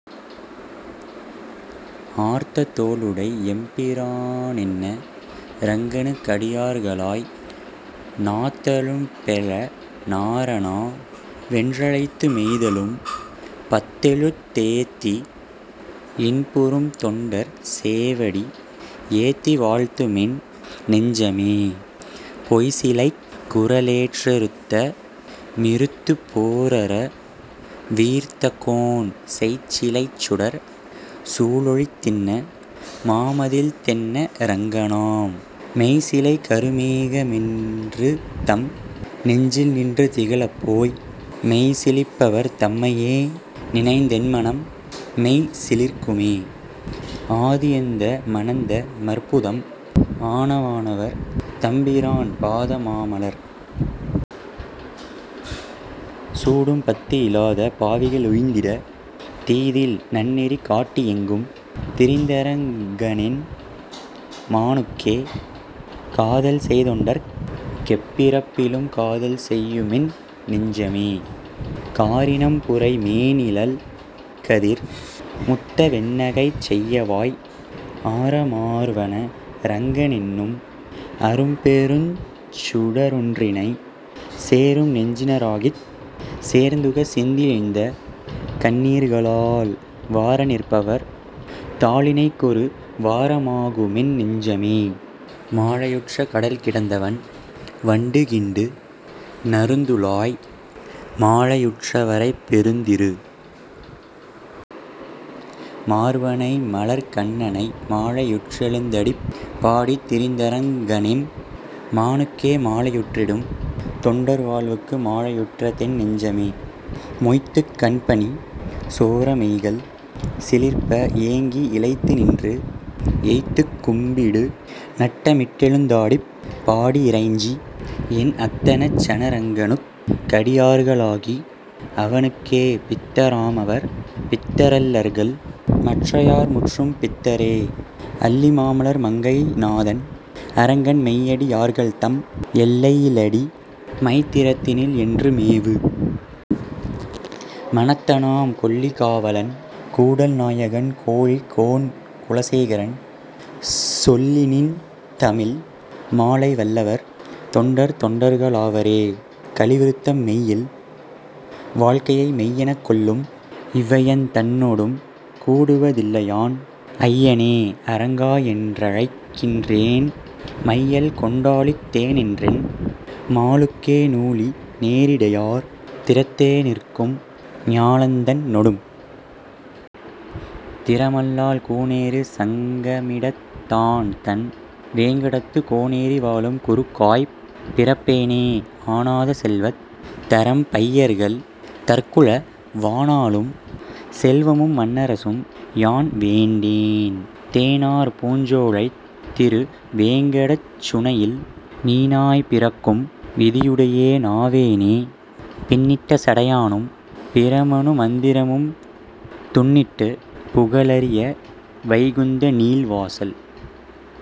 ஆர்த்ததோளுடை யெம்பிரானென்ன ரங்கனுக்கடி யார்களாய் நாத்தழும்பெழ நாரணாவென்ற ழைத்துமெய்தழும் பத்தெழு தேத்தி, இன்புறும் தொண்டர்சேவடி ஏத்திவாழ்த்துமென் நெஞ்சமே பொய்சிலைக்குர லேற்றெருத்தமி றுத்துபோரர வீர்த்தகோன் செய்சிலைச்சுடர் சூழொளித்திண்ண மாமதிள்தென்ன ரங்கனாம் மெய்சிலைக்கரு மேகமென்றுதம் நெஞ்சில்நின்று திகழப்போய் மெய்சிலிர்ப்பவர் தம்மையேநினைந் தென்மனம்மெய்சி லிர்க்குமே ஆதியந்தம னந்தமற்புதம் ஆனவானவர் தம்பிரான் பாதமாமலர் சூடும்பத்தியி லாதபாவிக ளுய்ந்திட தீதில்நன்னெரி காட்டியெங்கும் திரிந்தரங்கனெம் மானுக்கே காதல்செய்தொண்டர்க் கெப்பிறப்பிலும் காதல்செய்யுமென் னெஞ்சமே காரினம்புரை மேனிநல்கதிர் முத்தவெண்ணகைச் செய்யவாய் ஆரமார்வ னரங்கனென்னும் அரும்பெருஞ்சுட ரொன்றினை சேரும்நெஞ்சின ராகிச்சேர்ந்துக சிந்திழிந்தகண் ணீர்களால் வாரநிற்பவர் தாளிணைக்கொரு வாரமாகுமென் னெஞ்சமே மாலையுற்றக டல்கிடந்தவன் வண்டுகிண்டுந றுந்துழாய் மாலையுற்றவ ரைப்பெருந்திரு மார்வனைமலர்க் கண்ணனை மாலையுற்றெழுந் தடிப்பாடித்தி ரிந்தரங்கனெம் மானுக்கே மாலையுற்றிடும் தொண்டர்வாழ்வுக்கு மாலையுற்றதென் நெஞ்சமே மொய்த்துக்கண்பனி சோரமெய்கள்சி லிர்ப்பஏங்கி யிளைத்துநின்று எய்த்துக்கும்பிடு நட்டமிட்டெழுந் தாடிப்பாடியி றைஞ்சி, என் அத்தனச்ச னரங்கனுக்கடி யார்களாகி அவனுக்கே பித்தராமவர் பித்தரல்லர்கள் மற்றையார்முற்றும் பித்தரே அல்லிமாமலர் மங்கைநாதன் அரங்கன்மெய்யடி யார்கள்தம் எல்லையிலடி மைத்திறத்தினில் என்றுமேவு மனத்தனாம் கொல்லிகாவலன் கூடல்நாயகன் கோழிக்கோன்குல சேகரன் சொல்லினின்தமிழ் மாலைவல்லவர் தொண்டர்தொண்டர்க ளாவரே கலி விருத்தம் மெய்யில் வாழ்க்கையை மெய்யெனக் கொள்ளும்இவ் வையந் தன்னொடும் கூடுவ தில்லையான் ஐய னேஅரங் காஎன்ற ழைக்கின்றேன் மையல் கொண்டாழித் தேனென்றன் மாலுக்கே நூலி னேரிடை யார்திறத் தேநிற்கும் ஞாலந் தன்னொடும் திறமல்லால் கூனேறு சங்க மிடத்தான்தன் வேங்கடத்து கோனேரி வாழும் குருகாய்ப் பிறப்பேனே ஆனாத செல்வத் தரம்பையர்கள் தற்குழ வானாளும் செல்வமும் மண்ணரசும் யான்வேண்டேன் தேனார்பூஞ் சோலைத் திருவேங்க டச்சுனையில் மீனாய்ப் பிறக்கும் விதியுடையே னாவேனே பின்னிட்ட சடையானும் பிரமனு மந்திரனும் துன்னிட்டு புகலரிய வைகுந்த நீள்வாசல்